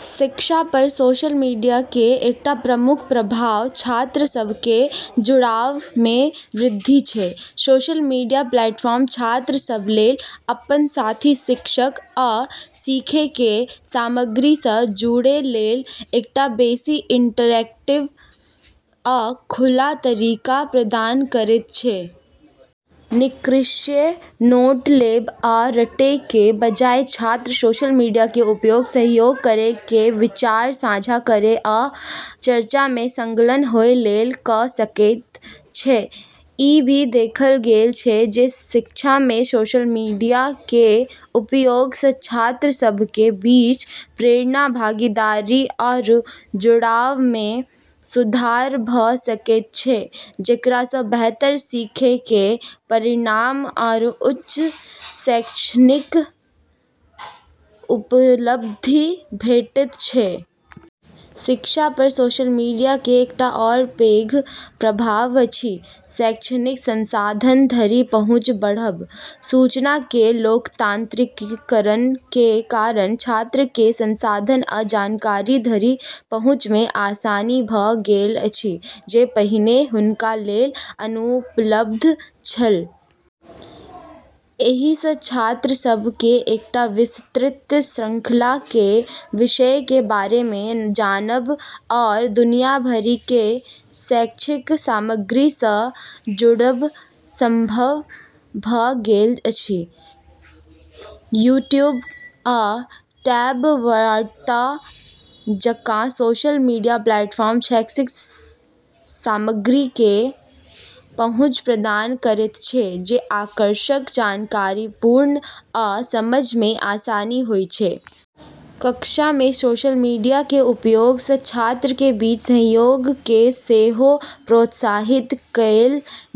शिक्षा पर social media केर एकटा प्रमुख प्रभाव छात्र सभ केर जुड़ाव मे वृद्धि छै। सोशल मीडिया प्लेटफॉर्म छात्र सभ लेल अपन साथी, शिक्षक आ सीखै केर सामग्री सँ जुड़ै लेल एकटा बेसी इंटरैक्टिव आ खुला तरीका प्रदान करैत छै। निष्क्रिय नोट लेब आ रटै केर बजाय छात्र सोशल मीडिया केर उपयोग सहयोग करै, विचार साझा करै आ चर्चा मे संलग्न होए लेल कऽ सकैत छै। ई भी देखल गेल छै जे शिक्षा मे सोशल मीडिया केर उपयोग सँ छात्र सभ केर बीच प्रेरणा, भागीदारी आरू जुड़ाव मे सुधार भऽ सकैत छै, जेकरा सँ बेहतर सीखै केर परिणाम आरू उच्च शैक्षणिक उपलब्धि भेटैत छै। शिक्षा पर सोशल मीडिया केर एकटा आओर पैघ प्रभाव अछि शैक्षणिक संसाधन धरि पहुँच बढ़ब। सूचना केर लोकतांत्रिकीकरण केर कारण छात्र केर संसाधन आ जानकारी धरि पहुँच मे आसानी भऽ गेल अछि जे पहिने हुनका लेल अनुपलब्ध छल। एहि सँ छात्र सभ केँ एकटा विस्तृत श्रृंखला केर विषय केर बारे मे जानब आओर दुनिया भरि केर शैक्षिक सामग्री सँ जुड़ब संभव भऽ गेल अछि। यूट्यूब आ टेड वार्ता जकाँ सोशल मीडिया प्लेटफॉर्म शैक्षिक सामग्री केर पहुँच प्रदान करैत छै जे आकर्षक, जानकारीपूर्ण आ समझ मे आसान होइत छै। कक्षा मे सोशल मीडिया केर उपयोग सँ छात्र केर बीच सहयोग केँ सेहो प्रोत्साहित कएल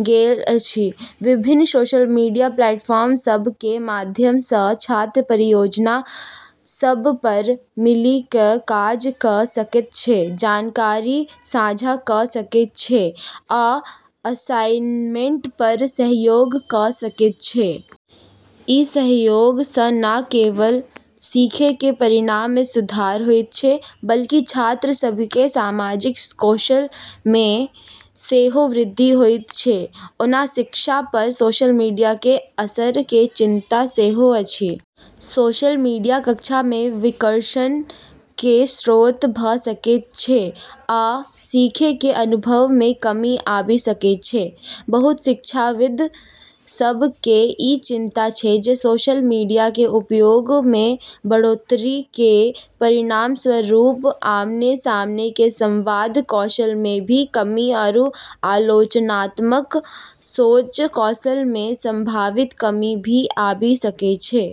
गेल अछि। विभिन्न सोशल मीडिया प्लेटफॉर्म सभ केर माध्यम सँ छात्र परियोजना सभ पर मिलि कऽ काज कऽ सकैत छै, जानकारी साझा कऽ सकैत छै आ असाइनमेंट पर सहयोग कऽ सकैत छै। ई सहयोग सँ न केवल सीखै केर परिणाम मे सुधार होइत छै बल्कि छात्र सभ केर सामाजिक कौशल मे सेहो वृद्धि होइत छै। ओना शिक्षा पर सोशल मीडिया केर असर केर चिंता सेहो अछि। सोशल मीडिया कक्षा मे विकर्षण केर स्रोत भऽ सकैत छै आ सीखै केर अनुभव मे कमी आबि सकैत छै। बहुत शिक्षाविद सभ केँ ई चिंता छै जे सोशल मीडिया केर उपयोग मे बढ़ोत्तरी केर परिणामस्वरूप आमने-सामने केर संवाद कौशल मे भी कमी आरू आलोचनात्मक सोच कौशल मे संभावित कमी भी आबि सकैत छै।